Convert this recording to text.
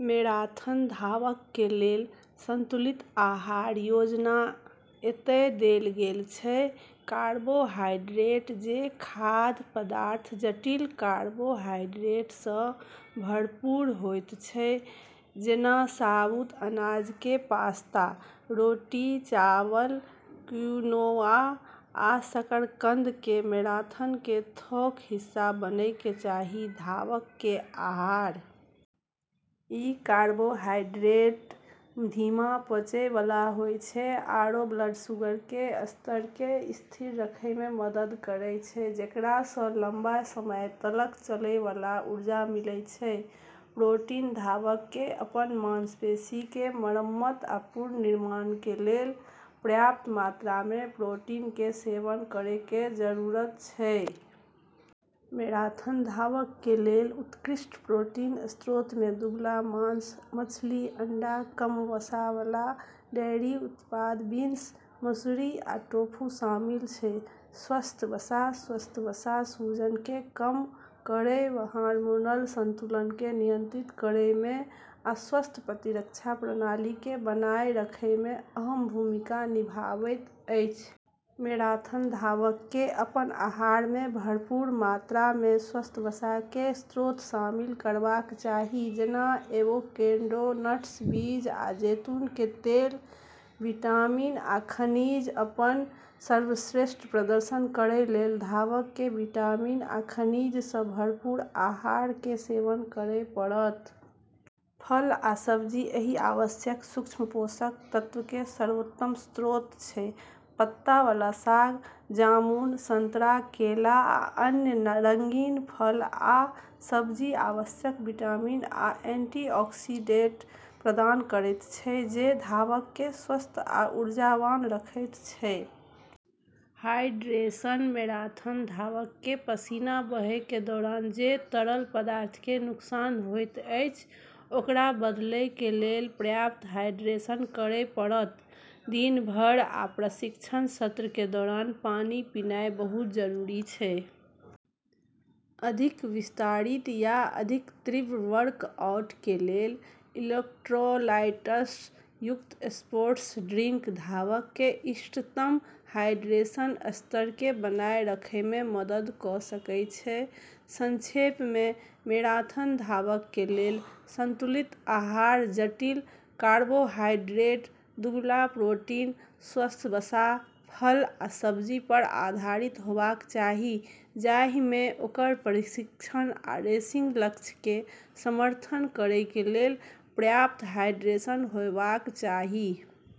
Marathon धावक के लेल संतुलित आहार योजना एतय देल गेल छै: कार्बोहाइड्रेट: जे खाद्य पदार्थ जटिल कार्बोहाइड्रेट सँ भरपूर होइत छै- जेना साबुत अनाज के पास्ता, रोटी, चावल, क्विनोआ, आ शकरकंद, के मैराथन के थोक हिस्सा बनय के चाही धावक के आहार। ई कार्बोहाइड्रेट धीमा पचय वाला होय छै आरू ब्लड शुगर के स्तर क॑ स्थिर रखै म॑ मदद करै छै, जेकरा स॑ लंबा समय तलक चलै वाला ऊर्जा मिलै छै। प्रोटीन: धावक के अपन मांसपेशी के मरम्मत आ पुनर्निर्माण के लेल पर्याप्त मात्रा मे प्रोटीन के सेवन करय के जरूरत छै। मैराथन धावक के लेल उत्कृष्ट प्रोटीन स्रोत मे दुबला मांस, मछली, अंडा, कम वसा वाला डेयरी उत्पाद, बीन्स, मसुरी, आ टोफू शामिल छै। स्वस्थ वसा: स्वस्थ वसा सूजन के कम करय, हार्मोनल संतुलन के नियंत्रित करय मे, आ स्वस्थ प्रतिरक्षा प्रणाली के बनाए रखय मे अहम भूमिका निभाबैत अछि। मैराथन धावक के अपन आहार मे भरपूर मात्रा मे स्वस्थ वसा के स्रोत शामिल करबाक चाही, जेना एवोकैडो, नट्स, बीज, आ जैतून के तेल। विटामिन आ खनिज: अपन सर्वश्रेष्ठ प्रदर्शन करय लेल धावक के विटामिन आ खनिज सँ भरपूर आहार के सेवन करय पड़त। फल आ सब्जी एहि आवश्यक सूक्ष्म पोषक तत्व के सर्वोत्तम स्रोत छै। पत्ता वाला साग, जामुन, संतरा, केला, आ अन्य रंगीन फल आ सब्जी आवश्यक विटामिन आ एंटीऑक्सीडेंट प्रदान करैत छै जे धावक के स्वस्थ आ ऊर्जावान रखैत छै। हाइड्रेशन: मैराथन धावक के पसीना बहय के दौरान जे तरल पदार्थ के नुकसान होइत अछि ओकरा बदलय के लेल पर्याप्त हाइड्रेशन करय पड़त। दिन भर आ प्रशिक्षण सत्र के दौरान पानी पीनाय बहुत जरूरी छै। अधिक विस्तारित या अधिक तीव्र वर्कआउट के लेल, इलेक्ट्रोलाइट्स युक्त स्पोर्ट्स ड्रिंक धावक के इष्टतम हाइड्रेशन स्तर के बनाए रखय मे मदद कऽ सकय छै। संक्षेप मे, मैराथन धावक के लेल संतुलित आहार जटिल कार्बोहाइड्रेट, दुबला प्रोटीन, स्वस्थ वसा, फल, आ सब्जी पर आधारित होबाक चाही, जहि मे ओकर प्रशिक्षण आ रेसिंग लक्ष्य के समर्थन करय के लेल पर्याप्त हाइड्रेशन होयबाक चाही।